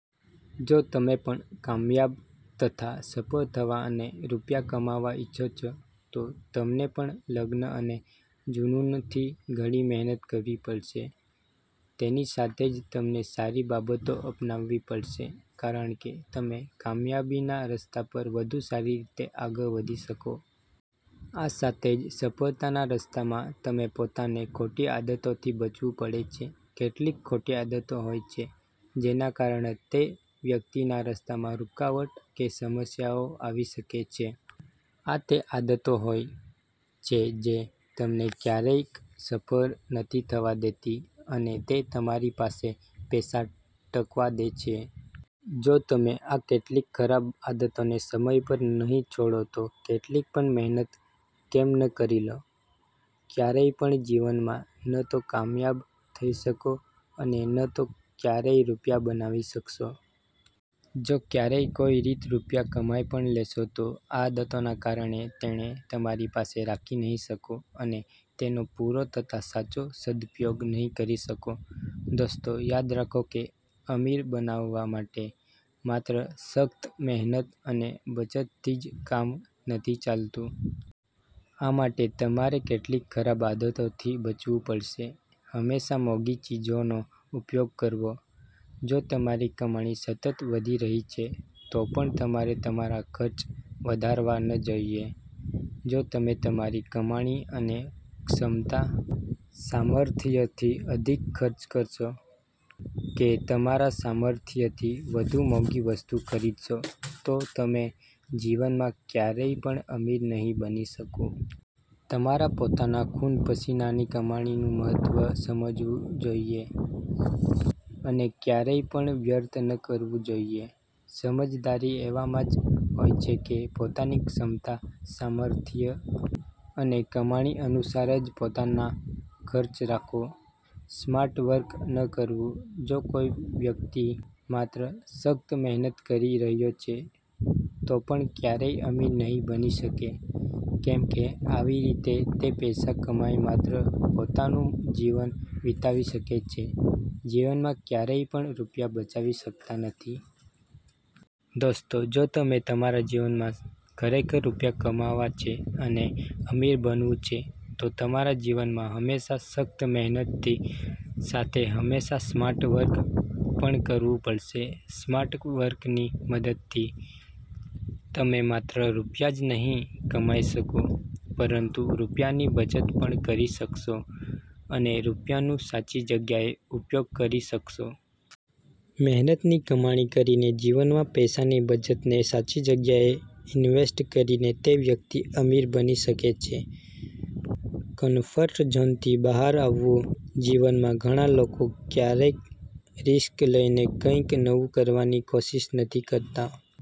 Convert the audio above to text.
જો તમે પણ કામયાબ તથા સફળ થવા અને રૂપિયા કમાવવા ઇચ્છો છો તો તમને પણ લગન અને જુનુનથી ઘણી મહેનત કરવી પડશે. તેની સાથે જ તમને સારી બાબતો અપનાવી પડશે. કારણ કે તમે કામયાબીના રસ્તા પર વધુ સારી રીતે આગળ વધી શકો. આ સાથે જ સફળતાના રસ્તામાં તમે પોતાને ખોટી આદતોથી બચવું પડે છે. કેટલીક ખોટી આદતો હોય છે, જેના કારણે તે વ્યકિતના રસ્તામાં રૂકાવટ કે સમસ્યાઓ આવી શકે છે. આ તે આદતો હોય છે જે તમને કયારેક સફળ નથી થવા દેતી અને તે તમારી પાસે પૈસા ટકવા દે છે. જો તમે આ કેટલીક ખરાબ આદતોને સમય પર નહીં છોડો તો કેટલી પણ મહેનત કેમ ન કરી લો, કયારેય પણ જીવનમાં ન તો કામયાબ થઇ શકો અને ન તો કયારેય રૂપિયા બનાવી શકશો. જો કયારેય કોઇ રીત રૂપિયા કમાઇ પણ લેશો તો આ આદતોના કારણે તેને તમારી પાસે રાખી નહીં શકો અને તેનો પુરો તથા સાચો સદપયોગ નહીં કરી શકો. દોસ્તો યાદ રાખો કે અમીર બનાવવા માટે માત્ર સખ્ત મહેનત અને બચતથી જ કામ નથી ચાલતું. આ માટે તમારે કેટલીક ખરાબ આદતોથી બચવુ પડશે. હંમેશા મોંઘી ચીજોનો ઉપયોગ કરવો:જો તમારી કમાણી સતત વધી રહી છે તો પણ તમારે તમારા ખર્ચ વધારવા ન જોઇએ. જો તમે તમારી કમાણી અને ક્ષમતા-સામર્થ્યથી અધિક ખર્ચ કરશો કે તમારા સામર્થ્યથી વધુ મોંઘી વસ્તુ ખરીદશો તો તમે જીવનમાં કયારેય પણ અમીર નહીં બની શકો. તમારા પોતાના ખુન-પસીનાની કમાણીનું મહત્વ સમજવું જોઇએ અને કયારેય પણ વ્યર્થ ન કરવું જોઇએ. સમજદારી એવામાં જ હોય છે કે પોતાની ક્ષમતા-સામર્થ્ય અને કમાણી અનુસાર જ પોતાના ખર્ચ રાખો. સ્માર્ટ વર્ક ન કરવું: જો કોઇ વ્યકિત માત્ર સખ્ત મહેનત કરી રહયો છે તો પણ કયારેય અમીર નહીં બની શકે, કેમ કે આવી રીતે તે પૈસા કમાઇ માત્ર પોતાનું જીવન વીતાવી શકે છે, જીવનમાં કયારેય પણ રૂપિયા બચાવી શકતા નથી. દોસ્તો જો તમે તમારા જીવનમાં ખરેખર રૂપિયા કમાવા છે અને અમીર બનવું છે તો તમારા જીવનમાં હંમેશા સખ્ત મહેનતથી સાથે હંમેશા સ્માર્ટ વર્ક પણ કરવું પડશે. સ્માર્ટ વર્કની મદદથી તમે માત્ર રૂપિયા જ નહીં કમાઇ શકો, પરંતુ રૂપિયાની બચત પણ કરી શકશો અને રૂપિયાનું સાચી જગ્યાએ ઉપયોગ કરી શકશો. મહેનતની કમાણી કરીને જીવનમાં પૈસાની બચતને સાચી જગ્યાએ ઇન્વેસ્ટ કરીને તે વ્યકિત અમીર બની શકે છે. કંફર્ટ ઝોનથી બહાર આવવું: જીવનમાં ઘણા લોકો કયારેક રીસ્ક લઇને કંઇક નવું કરવાની કોશિષ નથી કરતા.